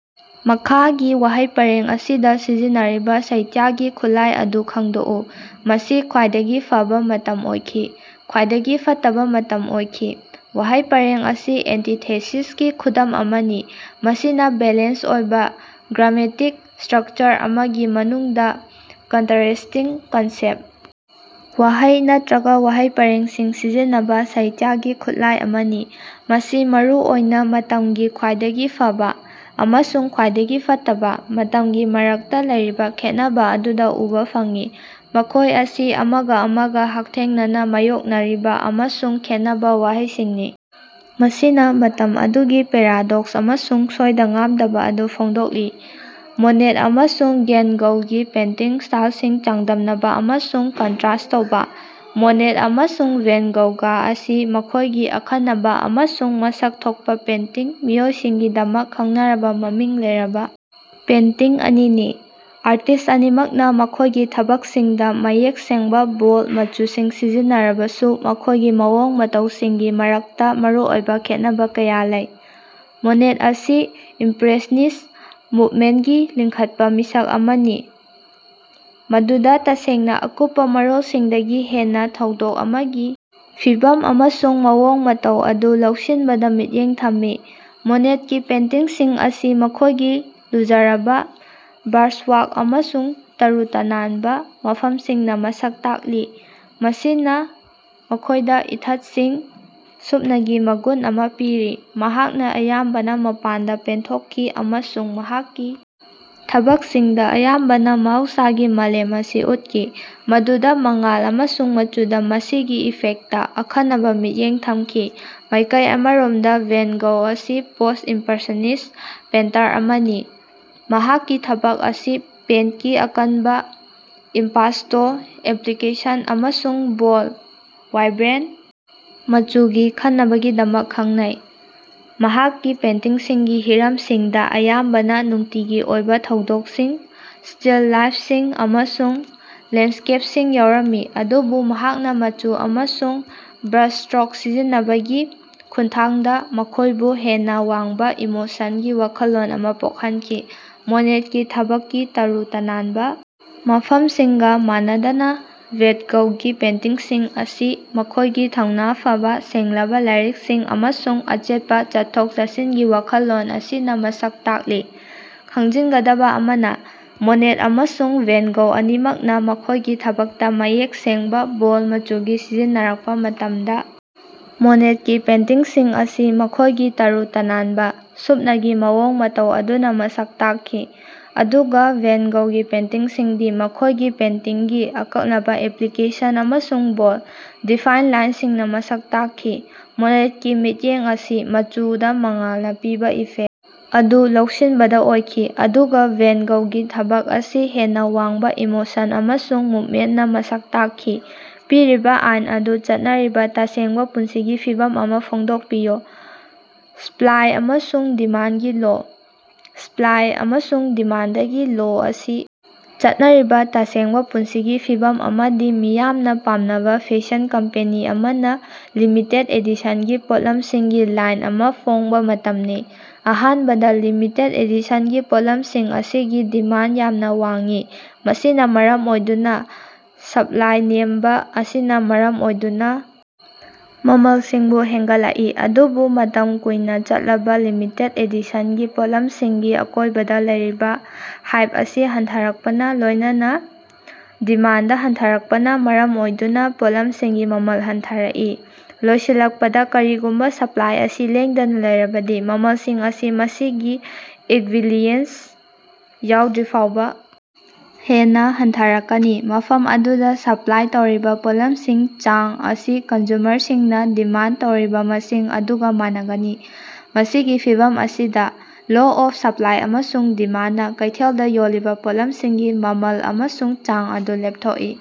ꯃꯈꯥꯒꯤ ꯋꯥꯍꯩ ꯄꯔꯦꯡ ꯑꯁꯤꯗ ꯁꯤꯖꯤꯟꯅꯔꯤꯕ ꯁꯥꯍꯤꯇ꯭ꯌꯒꯤ ꯈꯨꯠꯂꯥꯏ ꯑꯗꯨ ꯈꯪꯗꯣꯛꯎ꯫ "ꯃꯁꯤ ꯈ꯭ꯋꯥꯏꯗꯒꯤ ꯐꯕ ꯃꯇꯝ ꯑꯣꯏꯈꯤ, ꯈ꯭ꯋꯥꯏꯗꯒꯤ ꯐꯠꯇꯕ ꯃꯇꯝ ꯑꯣꯏꯈꯤ"꯫ ꯋꯥꯍꯩ ꯄꯔꯦꯡ ꯑꯁꯤ ꯑꯦꯟꯇꯤꯊꯦꯁꯤꯁꯀꯤ ꯈꯨꯗꯝ ꯑꯃꯅꯤ, ꯃꯁꯤꯅ ꯕꯦꯂꯦꯟꯁ ꯑꯣꯏꯕ ꯒ꯭ꯔꯥꯃꯦꯇꯤꯛ ꯁ꯭ꯇꯔꯛꯆꯔ ꯑꯃꯒꯤ ꯃꯅꯨꯡꯗ ꯀꯟꯇꯔꯦꯁꯇꯤꯡ ꯀꯟꯁꯦꯞ, ꯋꯥꯍꯩ ꯅꯠꯇ꯭ꯔꯒ ꯋꯥꯍꯩ ꯄꯔꯦꯡꯁꯤꯡ ꯁꯤꯖꯤꯟꯅꯕ ꯁꯥꯍꯤꯇ꯭ꯌꯒꯤ ꯈꯨꯠꯂꯥꯏ ꯑꯃꯅꯤ꯫ ꯃꯁꯤ ꯃꯔꯨ ꯑꯣꯏꯅ ꯃꯇꯝꯒꯤ "ꯈ꯭ꯋꯥꯏꯗꯒꯤ ꯐꯕ" ꯑꯃꯁꯨꯡ "ꯈ꯭ꯋꯥꯏꯗꯒꯤ ꯐꯠꯇꯕ" ꯃꯇꯝꯒꯤ ꯃꯔꯛꯇ ꯂꯩꯔꯤꯕ ꯈꯦꯟꯅꯕ ꯑꯗꯨꯗ ꯎꯕꯥ ꯐꯪꯏ, ꯃꯈꯣꯏ ꯑꯁꯤ ꯑꯃꯒ ꯑꯃꯒ ꯍꯛꯊꯦꯡꯅꯅ ꯃꯥꯌꯣꯛꯅꯔꯤꯕ ꯑꯃꯁꯨꯡ ꯈꯦꯟꯅꯕ ꯋꯥꯍꯩꯁꯤꯡꯅꯤ, ꯃꯁꯤꯅ ꯃꯇꯝ ꯑꯗꯨꯒꯤ ꯄꯦꯔꯥꯗꯣꯛꯁ ꯑꯃꯁꯨꯡ ꯁꯣꯏꯗ-ꯉꯥꯝꯗꯕ ꯑꯗꯨ ꯐꯣꯡꯗꯣꯛꯂꯤ꯫ ꯃꯣꯅꯦꯠ ꯑꯃꯁꯨꯡ ꯚꯦꯟ ꯒꯧꯒꯤ ꯄꯦꯟꯇꯤꯡ ꯁ꯭ꯇꯥꯏꯜꯁꯤꯡ ꯆꯥꯡꯗꯝꯅꯕ ꯑꯃꯁꯨꯡ ꯀꯟꯇ꯭ꯔꯁ ꯇꯧꯕ꯫ ꯃꯣꯅꯦꯠ ꯑꯃꯁꯨꯡ ꯚꯦꯟ ꯒꯧꯒ ꯑꯁꯤ ꯃꯈꯣꯏꯒꯤ ꯑꯈꯟꯅꯕ ꯑꯃꯁꯨꯡ ꯃꯁꯛ ꯊꯣꯛꯄ ꯄꯦꯟꯇꯤꯡ ꯃꯑꯣꯡꯁꯤꯡꯒꯤꯗꯃꯛ ꯈꯪꯅꯔꯕ ꯃꯃꯤꯡ ꯂꯩꯔꯕ ꯄꯦꯟꯇꯤꯡ ꯑꯅꯤꯅꯤ꯫ ꯑꯥꯔꯇꯤꯁ꯭ꯠ ꯑꯅꯤꯃꯛꯅ ꯃꯈꯣꯏꯒꯤ ꯊꯕꯛꯁꯤꯡꯗ ꯃꯌꯦꯛ ꯁꯦꯡꯕ, ꯕꯣꯜꯗ ꯃꯆꯨꯁꯤꯡ ꯁꯤꯖꯤꯟꯅꯔꯕꯁꯨ ꯃꯈꯣꯏꯒꯤ ꯃꯑꯣꯡ ꯃꯇꯧꯁꯤꯡꯒꯤ ꯃꯔꯛꯇ ꯃꯔꯨꯑꯣꯏꯕ ꯈꯦꯠꯅꯕ ꯀꯌꯥ ꯂꯩ꯫ ꯃꯣꯅꯦꯠ ꯑꯁꯤ ꯏꯝꯄ꯭ꯔꯦꯁꯅꯤꯁ ꯃꯨꯕꯃꯦꯟꯠꯀꯤ ꯂꯤꯡꯈꯠꯄ ꯃꯤꯁꯛ ꯑꯃꯅꯤ, ꯃꯗꯨꯗ ꯇꯁꯦꯡꯅ ꯑꯀꯨꯞꯄ ꯃꯔꯣꯜꯁꯤꯡꯗꯒꯤ ꯍꯦꯟꯅ ꯊꯧꯗꯣꯛ ꯑꯃꯒꯤ ꯐꯤꯚꯝ ꯑꯃꯁꯨꯡ ꯃꯑꯣꯡ ꯃꯇꯧ ꯑꯗꯨ ꯂꯧꯁꯤꯟꯕꯗ ꯃꯤꯠꯌꯦꯡ ꯊꯝꯈꯤ꯫ ꯃꯣꯅꯦꯠꯀꯤ ꯄꯦꯟꯇꯤꯡꯁꯤꯡ ꯑꯁꯤ ꯃꯈꯣꯏꯒꯤ ꯂꯨꯖꯔꯕ ꯕ꯭ꯔꯥꯁꯋꯔꯛ ꯑꯃꯁꯨꯡ ꯇꯔꯨ ꯇꯅꯥꯟꯕ ꯃꯐꯝꯁꯤꯡꯅ ꯃꯁꯛ ꯇꯥꯛꯂꯤ, ꯃꯁꯤꯅ ꯃꯈꯣꯏꯗ ꯏꯊꯠꯁꯤꯡ, ꯁꯨꯞꯅꯒꯤ ꯃꯒꯨꯟ ꯑꯃ ꯄꯤꯔꯤ꯫ ꯃꯍꯥꯛꯅ ꯑꯌꯥꯝꯕꯅ ꯃꯄꯥꯟꯗ ꯄꯦꯟꯊꯣꯛꯈꯤ ꯑꯃꯁꯨꯡ ꯃꯍꯥꯛꯀꯤ ꯊꯕꯛꯁꯤꯡꯗ ꯑꯌꯥꯝꯕꯅ ꯃꯍꯧꯁꯥꯒꯤ ꯃꯥꯂꯦꯝ ꯑꯁꯤ ꯎꯠꯈꯤ, ꯃꯗꯨꯗ ꯃꯉꯥꯜ ꯑꯃꯁꯨꯡ ꯃꯆꯨꯗ ꯃꯁꯤꯒꯤ ꯏꯐꯦꯛꯇ ꯑꯈꯟꯅꯕ ꯃꯤꯠꯌꯦꯡ ꯊꯝꯈꯤ꯫ ꯃꯥꯏꯀꯩ ꯑꯃꯔꯣꯝꯗ ꯚꯦꯟ ꯒꯧ ꯑꯁꯤ ꯄꯣꯁ-ꯏꯝꯄ꯭ꯔꯦꯁꯅꯤꯁ ꯄꯦꯏꯟꯇꯔ ꯑꯃꯅꯤ, ꯃꯍꯥꯛꯀꯤ ꯊꯕꯛ ꯑꯁꯤ ꯄꯦꯟꯠꯀꯤ ꯑꯀꯟꯕ, ꯏꯝꯄꯥꯁꯇꯣ ꯑꯦꯄ꯭ꯂꯤꯀꯦꯁꯟ ꯑꯃꯁꯨꯡ ꯕꯣꯜꯗ, ꯋꯥꯏꯕ꯭ꯔꯦꯟꯠ ꯃꯆꯨꯒꯤ ꯈꯟꯕꯒꯤꯗꯃꯛ ꯈꯪꯅꯩ꯫ ꯃꯍꯥꯛꯀꯤ ꯄꯦꯟꯇꯤꯡꯁꯤꯡꯒꯤ ꯍꯤꯔꯝꯁꯤꯡꯗ ꯑꯌꯥꯝꯕꯅ ꯅꯨꯡꯇꯤꯒꯤ ꯑꯣꯏꯕ ꯊꯧꯗꯣꯛꯁꯤꯡ, ꯁ꯭ꯇꯤꯜ ꯂꯥꯏꯐꯁꯤꯡ ꯑꯃꯁꯨꯡ ꯂꯦꯟꯁ꯭ꯀꯦꯞꯁꯤꯡ ꯌꯥꯎꯔꯝꯃꯤ, ꯑꯗꯨꯕꯨ ꯃꯍꯥꯛꯅ ꯃꯆꯨ ꯑꯃꯁꯨꯡ ꯕ꯭ꯔꯥꯁꯁ꯭ꯇꯔꯣꯛ ꯁꯤꯖꯤꯟꯅꯕꯒꯤ ꯈꯨꯠꯊꯥꯡꯗ ꯃꯈꯣꯏꯕꯨ ꯍꯦꯟꯅ ꯋꯥꯡꯕ ꯏꯃꯣꯁꯟꯒꯤ ꯋꯥꯈꯜꯂꯣꯟ ꯑꯃ ꯄꯣꯛꯍꯟꯈꯤ꯫ ꯃꯣꯅꯦꯠꯀꯤ ꯊꯕꯛꯀꯤ ꯇꯔꯨ ꯇꯅꯥꯟꯕ ꯃꯐꯝꯁꯤꯡꯒ ꯃꯥꯟꯅꯗꯅ, ꯚꯦꯟ ꯒꯧꯒꯤ ꯄꯦꯟꯇꯤꯡꯁꯤꯡ ꯑꯁꯤ ꯃꯈꯣꯏꯒꯤ ꯊꯧꯅ ꯐꯕ, ꯁꯦꯡꯂꯕ ꯂꯥꯏꯔꯤꯛꯁꯤꯡ ꯑꯃꯁꯨꯡ ꯑꯆꯦꯠꯄ ꯆꯠꯊꯣꯛ-ꯆꯠꯁꯤꯟꯒꯤ ꯋꯥꯈꯜꯂꯣꯟ ꯑꯁꯤꯅ ꯃꯁꯛ ꯇꯥꯛꯂꯤ꯫ ꯈꯪꯖꯤꯟꯒꯗꯕ ꯑꯃꯅ, ꯃꯣꯅꯦꯠ ꯑꯃꯁꯨꯡ ꯚꯦꯟ ꯒꯧ ꯑꯅꯤꯃꯛꯅ ꯃꯈꯣꯏꯒꯤ ꯊꯕꯛꯇ ꯃꯌꯦꯛ ꯁꯦꯡꯕ, ꯕꯣꯜꯗ ꯃꯆꯨꯁꯤꯡ ꯁꯤꯖꯤꯟꯅꯔꯛꯄ ꯃꯇꯝꯗ, ꯃꯣꯅꯦꯠꯀꯤ ꯄꯦꯟꯇꯤꯡꯁꯤꯡ ꯑꯁꯤ ꯃꯈꯣꯏꯒꯤ ꯇꯔꯨ ꯇꯅꯥꯟꯕ, ꯁꯨꯞꯅꯒꯤ ꯃꯑꯣꯡ ꯃꯇꯧ ꯑꯗꯨꯅ ꯃꯁꯛ ꯇꯥꯛꯈꯤ, ꯑꯗꯨꯒ ꯚꯦꯟ ꯒꯧꯒꯤ ꯄꯦꯟꯇꯤꯡꯁꯤꯡꯗꯤ ꯃꯈꯣꯏꯒꯤ ꯄꯦꯟꯇꯤꯡꯒꯤ ꯑꯀꯅꯕ ꯑꯦꯄ꯭ꯂꯤꯀꯦꯁꯟ ꯑꯃꯁꯨꯡ ꯕꯣꯜꯗ, ꯗꯤꯐꯥꯏꯟ ꯂꯥꯏꯟꯁꯤꯡꯅ ꯃꯁꯛ ꯇꯥꯛꯈꯤ꯫ ꯃꯣꯅꯦꯠꯀꯤ ꯃꯤꯠꯌꯦꯡ ꯑꯁꯤ ꯃꯆꯨꯗ ꯃꯉꯥꯜꯅ ꯄꯤꯕ ꯏꯐꯦꯛ ꯑꯗꯨ ꯂꯧꯁꯤꯟꯕꯗ ꯑꯣꯏꯈꯤ, ꯑꯗꯨꯒ ꯚꯦꯟ ꯒꯧꯒꯤ ꯊꯕꯛ ꯑꯁꯤ ꯍꯦꯟꯅ ꯋꯥꯡꯕ ꯏꯃꯣꯁꯟ ꯑꯃꯁꯨꯡ ꯃꯨꯚꯃꯦꯟꯠꯅ ꯃꯁꯛ ꯇꯥꯛꯈꯤ꯫ ꯄꯤꯔꯤꯕ ꯑꯥꯏꯟ ꯑꯗꯨ ꯆꯠꯅꯔꯤꯕ ꯇꯁꯦꯡꯕ ꯄꯨꯟꯁꯤꯒꯤ ꯐꯤꯚꯝ ꯑꯃ ꯐꯣꯡꯗꯣꯛꯄꯤꯌꯨ꯫ ꯁꯄ꯭ꯂꯥꯏ ꯑꯃꯁꯨꯡ ꯗꯤꯃꯥꯟꯒꯤ ꯂꯣ꯫ ꯁꯄ꯭ꯂꯥꯏ ꯑꯃꯁꯨꯡ ꯗꯤꯃꯥꯟꯗꯒꯤ ꯂꯣ ꯑꯁꯤ ꯆꯠꯅꯔꯤꯕ ꯇꯁꯦꯡꯕ ꯄꯨꯟꯁꯤꯒꯤ ꯐꯤꯚꯝ ꯑꯃꯗꯤ ꯃꯤꯌꯥꯝꯅ ꯄꯥꯝꯅꯕ ꯐꯦꯁꯟ ꯀꯝꯄꯦꯅꯤ ꯑꯃꯅ ꯂꯤꯃꯤꯇꯦꯗ ꯑꯦꯗꯤꯁꯟꯒꯤ ꯄꯣꯠꯂꯝꯁꯤꯡꯒꯤ ꯂꯥꯏꯟ ꯑꯃ ꯐꯣꯡꯕ ꯃꯇꯝꯅꯤ꯫ ꯑꯍꯥꯟꯕꯗ ꯂꯤꯃꯤꯇꯦꯗ ꯑꯦꯗꯤꯁꯟꯒꯤ ꯄꯣꯠꯂꯝꯁꯤꯡ ꯑꯁꯤꯒꯤ ꯗꯤꯃꯥꯟꯗ ꯌꯥꯝꯅ ꯋꯥꯡꯏ, ꯃꯁꯤꯅ ꯃꯔꯝ ꯑꯣꯏꯗꯨꯅ ꯁꯞꯂꯥꯏ ꯅꯦꯝꯕ ꯑꯁꯤꯅ ꯃꯔꯝ ꯑꯣꯏꯗꯨꯅ ꯃꯃꯜꯁꯤꯡꯕꯨ ꯍꯦꯟꯒꯠꯂꯛꯏ꯫ ꯑꯗꯨꯕꯨ ꯃꯇꯝ ꯀꯨꯏꯅ ꯆꯠꯂꯕ ꯂꯤꯃꯤꯇꯦꯗ ꯑꯦꯗꯤꯁꯟꯒꯤ ꯄꯣꯠꯂꯝꯁꯤꯡꯒꯤ ꯑꯀꯣꯏꯕꯗ ꯂꯩꯔꯤꯕ ꯍꯥꯏꯞ ꯑꯁꯤ ꯍꯟꯊꯔꯛꯄꯒ ꯂꯣꯏꯅꯅ ꯗꯤꯃꯥꯟꯗ ꯍꯟꯊꯔꯛꯄꯅ ꯃꯔꯝ ꯑꯣꯏꯗꯨꯅ ꯄꯣꯠꯂꯝꯁꯤꯡꯒꯤ ꯃꯃꯜ ꯍꯟꯊꯔꯛꯏ꯫ ꯂꯣꯏꯁꯤꯜꯂꯛꯄꯗ, ꯀꯔꯤꯒꯨꯝꯕ ꯁꯄ꯭ꯂꯥꯏ ꯑꯁꯤ ꯂꯦꯡꯗꯅ ꯂꯩꯔꯕꯗꯤ, ꯃꯃꯜꯁꯤꯡ ꯑꯁꯤ ꯃꯁꯤꯒꯤ ꯏꯛꯕꯤꯂꯤꯑꯦꯟꯁ ꯌꯧꯗ꯭ꯔꯤꯐꯥꯎꯕ ꯍꯦꯟꯅ ꯍꯟꯊꯔꯛꯀꯅꯤ, ꯃꯐꯝ ꯑꯗꯨꯗ ꯁꯄ꯭ꯂꯥꯏ ꯇꯧꯔꯤꯕ ꯄꯣꯠꯂꯝꯁꯤꯡ ꯆꯥꯡ ꯑꯁꯤ ꯀꯟꯖꯨꯃꯔꯁꯤꯡꯅ ꯗꯤꯃꯥꯟꯗ ꯇꯧꯔꯤꯕ ꯃꯁꯤꯡ ꯑꯗꯨꯒ ꯃꯥꯟꯅꯒꯅꯤ꯫ ꯃꯁꯤꯒꯤ ꯐꯤꯚꯝ ꯑꯁꯤꯗ, ꯂꯣ ꯑꯣꯐ ꯁꯄ꯭ꯂꯥꯏ ꯑꯃꯁꯨꯡ ꯗꯤꯃꯥꯟꯗꯅ ꯀꯩꯊꯦꯜꯗ ꯌꯣꯜꯂꯤꯕ ꯄꯣꯠꯂꯝꯁꯤꯡꯒꯤ ꯃꯃꯜ ꯑꯃꯁꯨꯡ ꯆꯥꯡ ꯑꯗꯨ ꯂꯦꯞꯊꯣꯛꯏ꯫